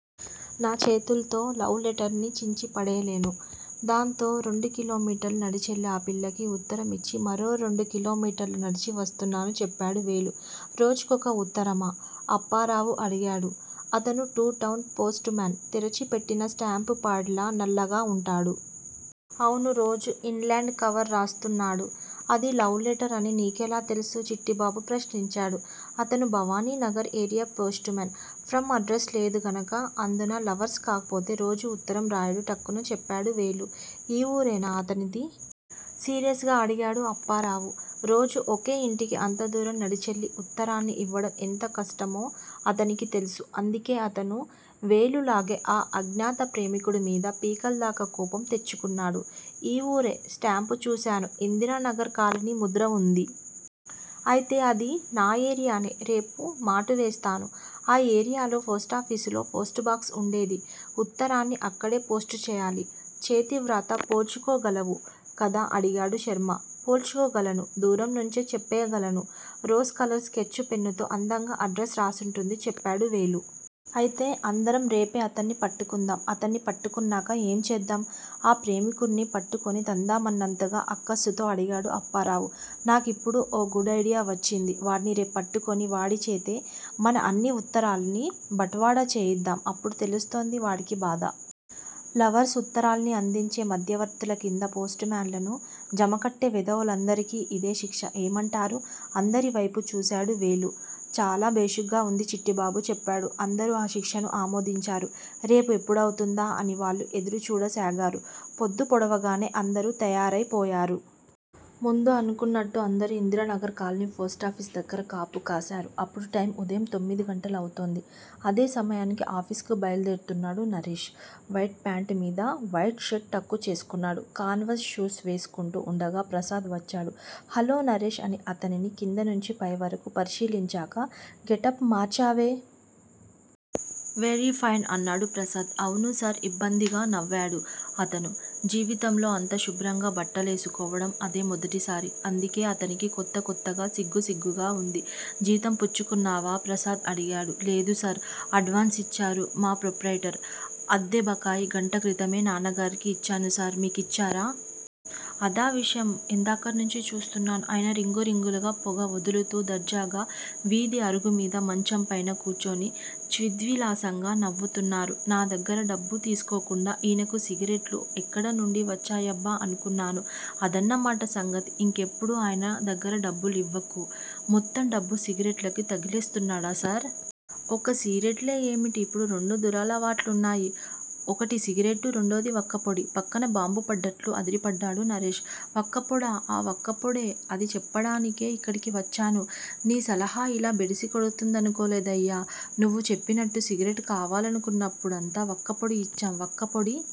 నా చేతుల్తో love letter ను చించిపడెయ్యలేను. దాంతో రెండు కిలోమీటర్లు నడిచెళ్ళి ఆ పిల్లకు ఉత్తరం యిచ్చి మరో రెండు కిలోమీటర్లు నడిచి వస్తున్నాను. చెప్పాడు వేలు. రోజుకొక ఉత్తరమా? అప్పారావు అడిగాడు. అతను టు టౌన్ పోస్టుమాన్. తెరిచిపెట్టిన స్టాంప్ ప్యాడ్ లా నల్లగా వుంటాడు. అవును. రోజూ ఇన్ ల్యాండ్ కవర్ రాస్తున్నాడు. అది లవ్ లెటర్ అని నీకెలా తెలుసు? చిట్టిబాబు ప్రశ్నించాడు అతను Bhavaninagar area postman. From address లేదుగనుక. అందునా లవర్స్ కాకపోతే రోజూ ఉత్తరం రాయడు ఠక్కున చెప్పాడు వేలు. ఈ వూరేనా అతనిది? సీరియస్ గా అడిగాడు అప్పారావు రోజూ ఒకే ఇంటికి అంతదూరం నడిచెళ్ళి వుత్తరాన్ని ఇవ్వడం ఎంత కష్టమో అతనికి తెలుసు. అందుకే అతనూ వేలులాగే ఆ అజ్ఞాత ప్రేమికుడు మీద పీకలదాకా కోపం తెచ్చుకున్నాడు. ఈ వూరే, స్టాంప్ చూశాను. ఇందిరానగర్ కాలనీ ముద్ర వుంది. అయితే అది నా ఏరియానే. రేపు మాటు వేస్తాను. ఆ ఏరియాలో పోస్టాఫీసులోనే పోస్టుబాక్స్ వుండేది. ఉత్తరాన్ని అక్కడే పోస్టు చేయాలి. చేతివ్రాత పోల్చుకోగలవు కదా అడిగాడు శర్మ. పోల్చుకోగలను దూరంనుంచే చెప్పేయగలను. రోస్ కలర్ స్కెచ్ పెన్ తో అందంగా అడ్రస్ రాసుంటుంది చెప్పాడు వేలు. అయితే అందరం రేపే అతన్ని పట్టుకుందాం. అతన్ని పట్టుకున్నాక ఏం చేద్దాం? ఆ ప్రేమికుడ్ని పట్టుకుని తందామన్నంత అక్కసుతో అడిగాడు అప్పారావు. నాకిప్పుడు ఓ గుడ్ ఐడియా వచ్చింది. వాడ్ని రేపు పట్టుకుని వాడిచేతే మన అన్ని వుత్తరాల్నీ బట్వాడా చేయిద్దాం. అప్పుడు తెలుస్తోంది వాడికి బాధ. లవర్స్ ఉత్తరాల్ని అందించే మధ్యవర్తుల కింద పోస్టుమ్యాన్ లను జమకట్టే వెధవలందరికీ ఇదే శిక్ష. ఏమంటారు? అందరివైపు చూశాడు వేలు. చాలా భేషుగ్గా వుంది చిట్టిబాబు చెప్పాడు. అందరూ ఆ శిక్షను ఆమోదించారు. రేపు ఎప్పుడౌతుందా అని వాళ్ళు ఎదురుచూడసాగారు. పొద్దు పొడవగానే అందరూ తయారైపోయారు. ముందు అనుకున్నట్టు అందరూ ఇందిరానగర్ కాలనీ పోస్టాఫీసు దగ్గర కాపు కాశారు. అప్పుడు టైమ్ ఉదయం తొమ్మిదిగంటలవుతోంది. అదే సమయానికి ఆఫీస్ కు బయల్దేరుతున్నాడు నరేష్. వైట్ ఫ్యాంట్ మీద వైట్ షర్ట్ టక్ చేసుకున్నాడు. కాన్వాస్ షూస్ వేసుకుంటూ వుండగా ప్రసాద్ వచ్చాడు. హలో నరేష్ అని అతనిని కిందనుంచి పైవరకూ పరిశీలించాక గెటప్ మార్చావే. వెరీఫైన్ అన్నాడు ప్రసాద్. అవును సార్ ఇబ్బందిగా నవ్వాడు అతను. జీవితంలో అంత శుభ్రంగా బట్టలేసుకోవడం అదే మొదటిసారి. అందుకే అతనికి కొత్త కొత్తగా సిగ్గుసిగ్గుగా వుంది. జీతం పుచ్చుకున్నావా? ప్రసాద్ అడిగాడు. లేదు సార్. అడ్వాన్స్ ఇచ్చారు మా ప్రొప్రయిటర్. అద్దె బకాయి గంట క్రితమే నాన్నగారికి ఇచ్చాను సార్ మీకిచ్చారా? అదా విషయం. ఇందాకట్నుంచీ చూస్తున్నాను. ఆయన రింగు రింగులుగా పొగ వదులుతూ దర్జాగా వీధి అరుగుమీద మంచంపైన కూర్చుని చిద్విలాసంగా నవ్వుతున్నారు. నా దగ్గర డబ్బు తీసుకోకుండా ఈయనకు సిగరెట్లు ఎక్కడి నుంచి వచ్చాయబ్బా అనుకున్నాను. అదన్నమాట సంగతి. ఇంకెప్పుడూ ఆయన దగ్గర డబ్బులివ్వకు. మొత్తం డబ్బూ సిగరెట్లకు తగలేస్తున్నాడా సార్? ఒక్క సిగరెట్లే యేమిటి? ఇప్పుడు రెండు దురలవాట్లున్నాయి. ఒకటి సిగరెట్. రెండోది వక్కపొడి. పక్కన బాంబుపడ్డట్లు అదిరిపడ్డాడు నరేష్. వక్కపొడా? ఆఁ వక్కపొడే! అది చెప్పడానికే ఇక్కడికి వచ్చాను. నీ సలహా యిలా బెడిసికొడుతుందనుకోలేదయ్యా! నువ్వు చెప్పినట్టు సిగరెట్ కావాలనుకున్నప్పుడంతా వక్కపొడి యిచ్చాం. వక్కపొడి